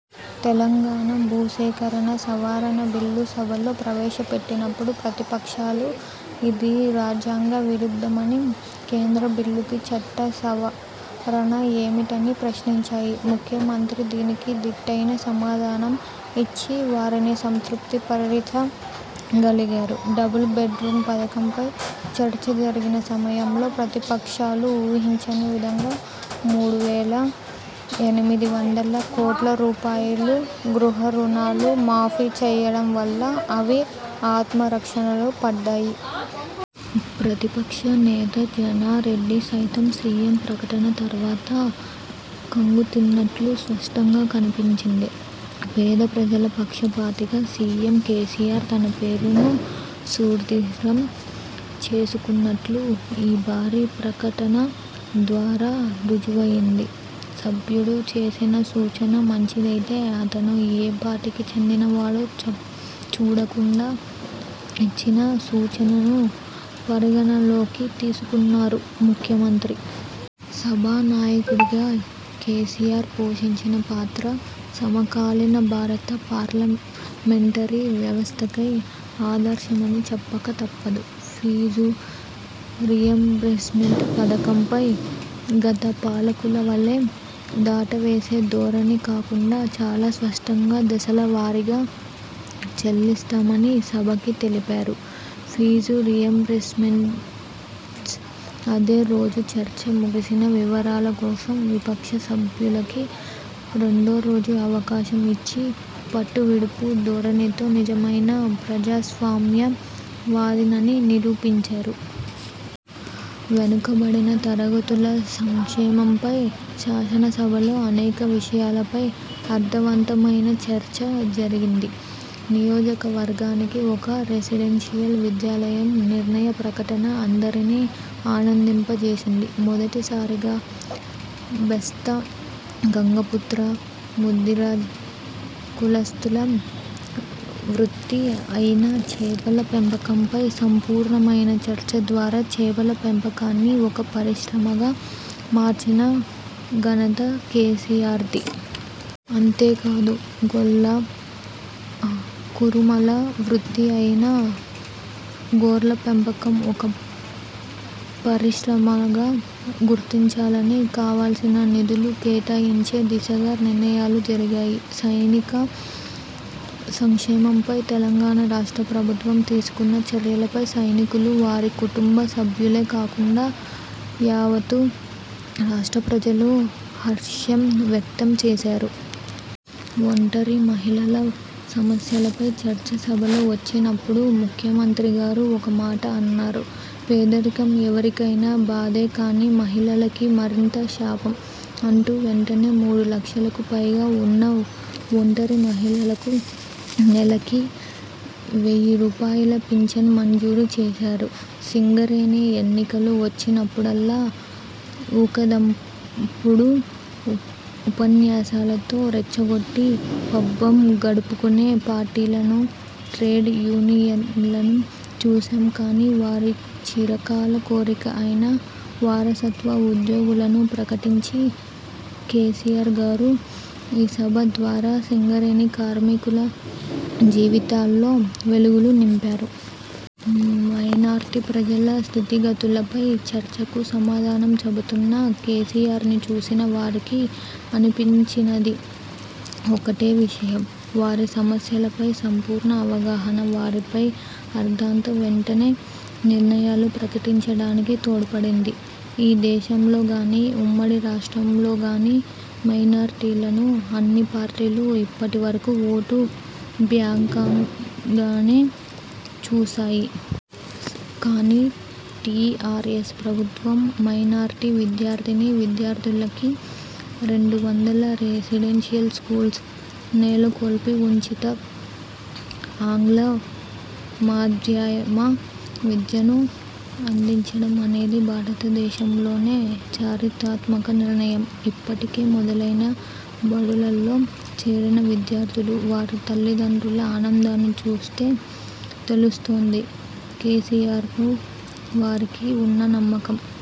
తెలంగాణ భూసేకరణ సవరణ బిల్లు సభలో ప్రవేశపెట్టినప్పుడు ప్రతిపక్షాలు ఇది రాజ్యాంగ విరుద్ధమని, కేంద్ర బిల్లుకి చట్ట సవరణ ఏమిటని ప్రశ్నించాయి. ముఖ్యమంత్రి దీనికి దీటైన సమాధానం ఇచ్చి వారిని సంతృప్తి పరచగలిగారు. డబుల్ బెడ్ రూం పథకంపై చర్చ జరిగిన సమయంలో ప్రతిపక్షాలు ఊహించని విధంగా మూడు వేల ఎనిమిది వందల కోట్ల రూపాయల గృహ రుణాలు మాఫీ చేయటం వల్ల అవి ఆత్మరక్షణలో పడ్డాయి. ప్రతిపక్ష నేత జానారెడ్డి సైతం సీఎం ప్రకటన తరువాత ఖంగుతిన్నట్లు స్పష్టంగా కన్పించింది. పేద ప్రజల పక్షపాతిగా సీఎం కేసీఆర్ తన పేరును సుస్థిరం చేసుకున్నట్లు ఈ భారీ ప్రక టన ద్వారా రుజువయింది. సభ్యుడు చేసిన సూచన మంచిదైతే అతను ఏ పార్టీకి చెందిన వాడో చూడకుండా ఇచ్చిన సూచనను పరిగణనలోకి తీసుకున్నారు ముఖ్యమంత్రి. సభా నాయకుడిగా కేసీఆర్ పోషించిన పాత్ర సమకాలీన భారత పార్లమెంటరీ వ్యవస్థకే ఆదర్శమని చెప్పక తప్పదు. ఫీజు రీయింబర్స్మెంట్ పథకంపై గత పాలకుల వలే దాటవేసే ధోరణి కాకుండా చాలా స్పష్టంగా దశల వారీగా చెల్లిస్తామని సభకి తెలిపారు. ఫీజు రీయింబర్స్మెంట్పై అదే రోజు చర్చ ముగిసినా వివరాల కోసం విపక్ష సభ్యులకి రెండో రోజు అవకాశం ఇచ్చి పట్టువిడుపు ధోరణితో నిజమైన ప్రజాస్వామ్య వాదినని నిరూపించారు. వెనుకబడిన తరగతుల సంక్షేమంపై శాసనసభలో అనేక విషయాలపై అర్థవంతమైన చర్చ జరిగింది. నియోజకవర్గానికి ఒక రెసిడెన్షియల్ విద్యాలయం నిర్ణయ ప్రకటన అందరినీ ఆనందింప జేసింది. మొదటిసారిగా బెస్త, గంగపుత్ర, ముదిరాజ్ కులస్తుల వృత్తి అయిన చేపల పెంపకంపై సంపూర్ణమైన చర్చ ద్వారా చేపల పెంపకాన్ని ఒక పరిశ్రమగా మార్చిన ఘనత కేసీఆర్ది. అంతేకాదు గొల్ల, కురుమల వృత్తి అయిన గొర్ల పెంపకం ఒక పరిశ్రమగా గుర్తించాలని కావలసిన నిధులు కేటాయించే దిశగా నిర్ణయాలు జరిగాయి. సైనిక సంక్షేమంపై తెలంగాణ రాష్ట్ర ప్రభుత్వం తీసుకున్న చర్యలపై సైనికులు, వారి కుటుంబ సభ్యులే కాకుండా యావత్తు రాష్ట్ర ప్రజలు హర్షం వ్యక్తం చేశారు. ఒంటరి మహిళల సమస్యలపై చర్చ సభలో వచ్చినప్పుడు ముఖ్యమంత్రి గారు ఒక మాట అన్నారు. 'పేదరికం ఎవరికైనా బాధే కానీ మహిళలకి మరింత శాపం' అంటూ, వెంటనే మూడు లక్షలకు పైగా ఉన్న ఒంటరి మహిళలకి నెలకి వెయ్యి రూపాయల పించన్ మంజూరు చేశారు. సింగరేణి ఎన్నికలు వచ్చినప్పుడల్లా ఊకదంపుడు ఉపన్యాసాలతో రెచ్చగొట్టి పబ్బం గడుపుకునే పార్టీలను, ట్రేడ్ యూనియన్లను చూశాం కానీ వారి చిరకాల కోరిక అయిన వారసత్వ ఉద్యోగాలను ప్రకటించి కేసీఆర్ గారు ఈ సభ ద్వారా సింగరేణి కార్మికుల జీవితాల్లో వెలుగులు నింపారు. మైనార్టీ ప్రజల స్థితిగతులపై చర్చకు సమాధానం చెబుతున్న కేసీఆర్ని చూసిన వారికి అనిపించినది ఒక్కటే విషయం. వారి సమస్యలపై సంపూర్ణ అవగాహన, వారిపై ఆర్ద్రత వెంటనే నిర్ణయాలు ప్రకటించడానికి తోడ్పడింది. ఈ దేశంలో గానీ, ఉమ్మడి రాష్ట్రంలో గానీ మైనార్టీలను అన్ని పార్టీలు ఇప్పటి వరకూ ఓటు బ్యాంక్గానే చూశాయి. కానీ టీఆర్ఎస్ ప్రభుత్వం మైనార్టీ విద్యార్థినీ విద్యార్థులకి రెండు వందల రెసిడెన్షియల్ స్కూల్స్ నెలకొల్పి ఉచిత ఆంగ్ల మాధ్యమ విద్యను అందించడం అనేది భారతదేశంలోనే చారిత్రాత్మక నిర్ణయం. ఇప్పటికే మొదలైన బడులలో చేరిన విద్యార్థులు, వారి తల్లిదండ్రుల ఆనందాన్ని చూస్తే తెలుస్తోంది కేసీఆర్పై వారికి ఉన్న నమ్మకం.